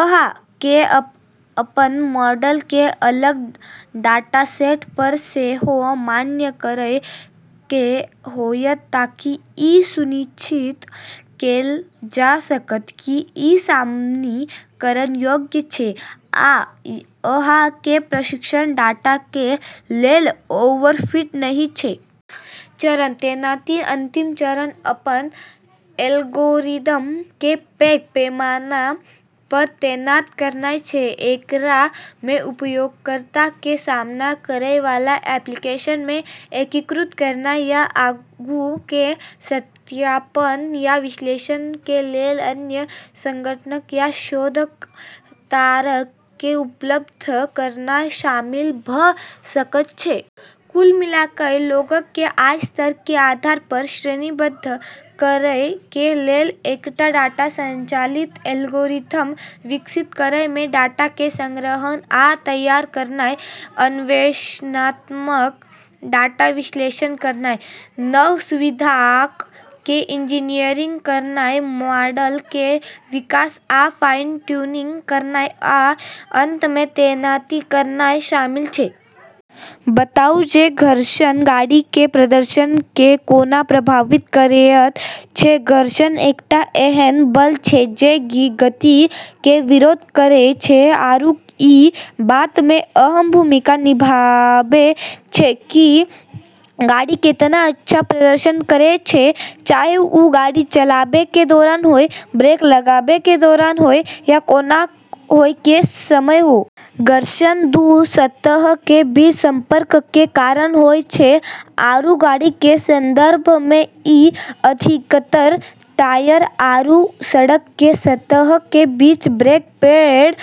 अहां कें अपन मॉडल कें अलग डाटासेट पर सेहो मान्य करय कें होयत ताकि इ सुनिश्चित कैल जा सकय कि इ सामान्यीकरण योग्य छै आ अहां कें प्रशिक्षण डाटा कें लेल ओवरफिट नहि छै. चरण: तैनाती अंतिम चरण अपन एल्गोरिदम कें पैघ पैमाना पर तैनात करनाय छै. एकरा मे उपयोगकर्ता कें सामना करय वाला एप्लीकेशन मे एकीकृत करनाय या आगू कें सत्यापन या विश्लेषण कें लेल अन्य संगठनक या शोधकर्ताक कें उपलब्ध करनाय शामिल भ सकय छै. कुल मिलाकय, लोगक कें आय स्तर कें आधार पर श्रेणीबद्ध करय कें लेल एकटा डाटा संचालित एल्गोरिथ्म विकसित करय मे डाटा कें संग्रहण आ तैयार करनाय, अन्वेषणात्मक डाटा विश्लेषण करनाय, नव सुविधाक कें इंजीनियरिंग करनाय, मॉडल कें विकास आ फाइन ट्यूनिंग करनाय, आ अंत मे तैनाती करनाय शामिल छै। बताउ जे घर्षण गाड़ी कें प्रदर्शन कें कोना प्रभावित करएयत छै. घर्षण एकटा एहन बल छै जे गति के विरोध करै छै आरू ई बात म॑ अहम भूमिका निभाबै छै कि गाड़ी केतना अच्छा प्रदर्शन करै छै, चाहे वू गाड़ी चलाबै के दौरान होय, ब्रेक लगाबै के दौरान होय या कोना होय के समय होय। घर्षण दू सतह के बीच संपर्क के कारण होय छै, आरू गाड़ी के संदर्भ में ई अधिकतर टायर आरू सड़क के सतह के बीच, ब्रेक पैड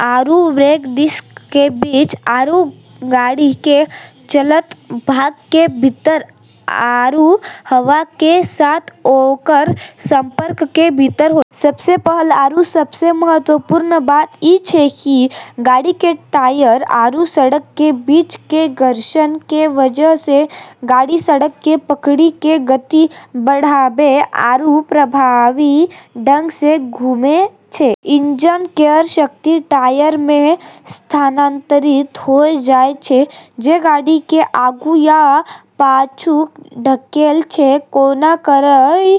आरू ब्रेक डिस्क के बीच, आरू गाड़ी के चलतऽ भाग के भीतर आरू हवा के साथ ओकरऽ संपर्क के भीतर होय छै. सबसें पहलऽ आरू सबसें महत्वपूर्ण बात ई छै कि गाड़ी के टायर आरू सड़क के बीच के घर्षण के वजह स॑ गाड़ी सड़क क॑ पकड़ी क॑ गति बढ़ाबै आरू प्रभावी ढंग स॑ घूमै छै। इंजन केरऽ शक्ति टायरऽ म॑ स्थानांतरित होय जाय छै, जे गाड़ी क॑ आगू या पाछू धकेल॑ छै। कोना करय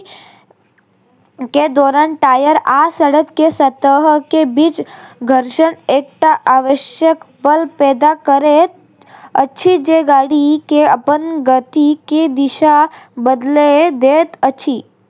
के दौरान टायर आ सड़क के सतह के बीच घर्षण एकटा आवश्यक बल पैदा करैत अछि जे गाड़ी के अपन गति के दिशा बदलय दैत अछि.